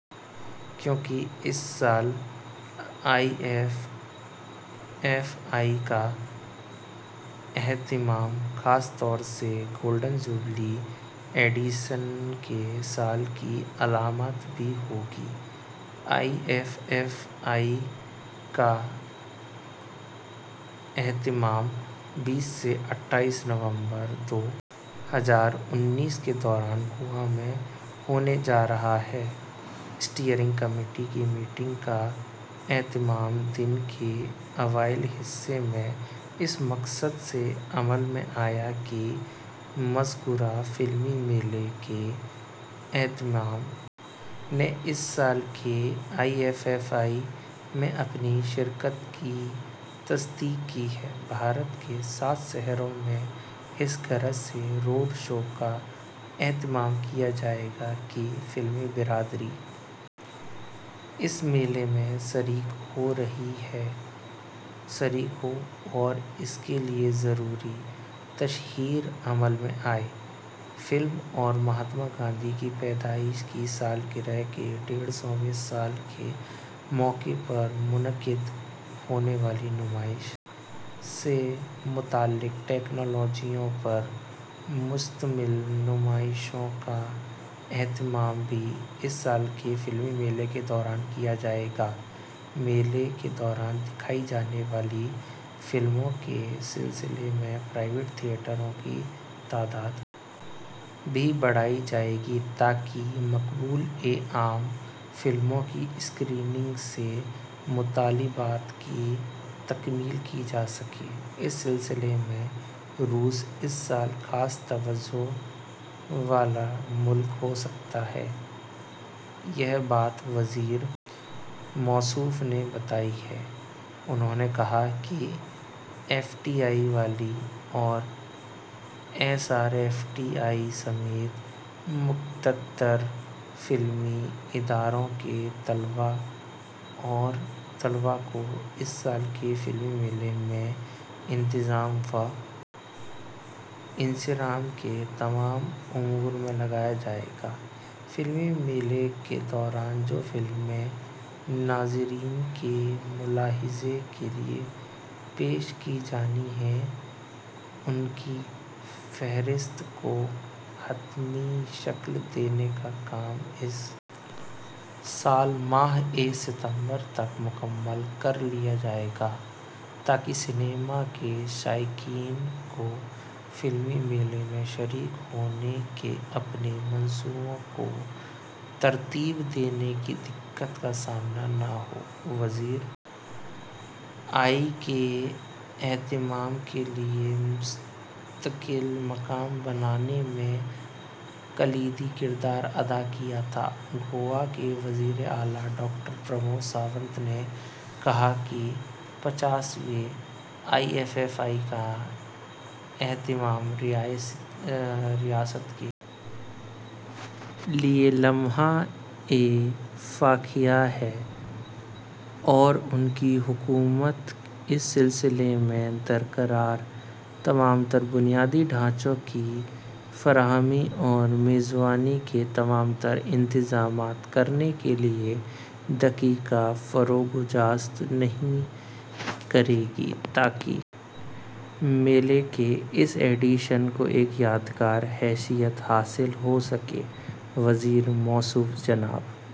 کیونکہ اس سال آئی ایف ایف آئی کا اہتمام خاص طور سے گولڈن جوبلی ایڈیشن کے سال کی علامت بھی ہو گا آئی ایف ایف آئی کا اہتمام بیس سے اٹھائیس نومبر دو ہزار انیس کے دوران گوا میں ہونے جا رہا ہے اسٹیئرنگ کمیٹی کی میٹنگ کا اہتمام دن کے اوائل حصے میں اس مقصد سے عمل میں آیا کہ مذکورہ فلمی میلے کے اہتمام نے اس سال کے آئی ایف ایف آئی میں اپنی شرکت کی تصدیق کی ہے بھارت کے سات شہروں میں اس غرض سے روڈ شوز کا اہتمام کیا جائے گا کہ فلمی برادری اس میلے میں شریک ہو اور اس کے لیے ضروری تشہیر عمل میں آئے فلم اور مہاتما گاندھی کی پیدائش کی سالگرہ کے ڈیڑھ سوویں سال کے موقع پر منعقد ہونے والی نمائش سے متعلق تکنالوجیوں پر مشتمل نمائشوں کا اہتمام بھی اس سال کے فلمی میلے کے دوران کیا جائے گا میلے کے دوران دکھائی جانے والی فلموں کے سلسلے میں پرائیویٹ تھیئٹروں کی تعداد بھی بڑھائی جائے گی تاکہ مقبول عام فلموں کی اسکریننگ سے مطالبات کی تکمیل کی جا سکے اس سلسلے میں روس اس سال خاص توجہ والا ملک ہو سکتا ہے یہ بات وزیر موصوف نے بتائی ہے انہوں نے کہا کہ ایف ٹی آئی آئی اور S R F T I سمیت مقتدر فلمی اداروں کے طلبا کو اس سال کے فلمی میلے میں انتظام و انصرام کے تمام امور میں لگایا جائے گا فلمی میلے کے دوران جو فلمیں ناظرین کے ملاحظے کے لیے پیش کی جانی ہیں ان کی فہرست کو حتمی شکل دینے کا کام اس سال ماہ ستمبر تک مکمل کر لیا جائے گا تاکہ سنیما کے شائقین کو فلمی میلے میں شریک ہونے کے اپنے منصوبوں کو ترتیب دینے میں کوئی دقت کا سامنا نہ ہو وزیر آئی کے اہتمام کے لیے مستقل مقام بنانے میں کلیدی کردار ادا کیا تھا گوا کے وزیر اعلی ڈاکٹر پرمود ساونت نے کہا کہ پچاسویں آئی ایف ایف آئی کا اہتمام ریاست کے لیے لمحہ فخریہ ہے اور ان کی حکومت اس سلسلے میں درکار تمام تر بنیادی ڈھانچے کی فراہمی اور میزبانی کے تمام تر انتظامات کرنے میں کوئی دقیقہ فروگزاشت نہیں کرے گی تاکہ میلے کے اس ایڈیشن کو ایک یادگار حیثیت حاصل ہو سکے وزیر موصوف جناب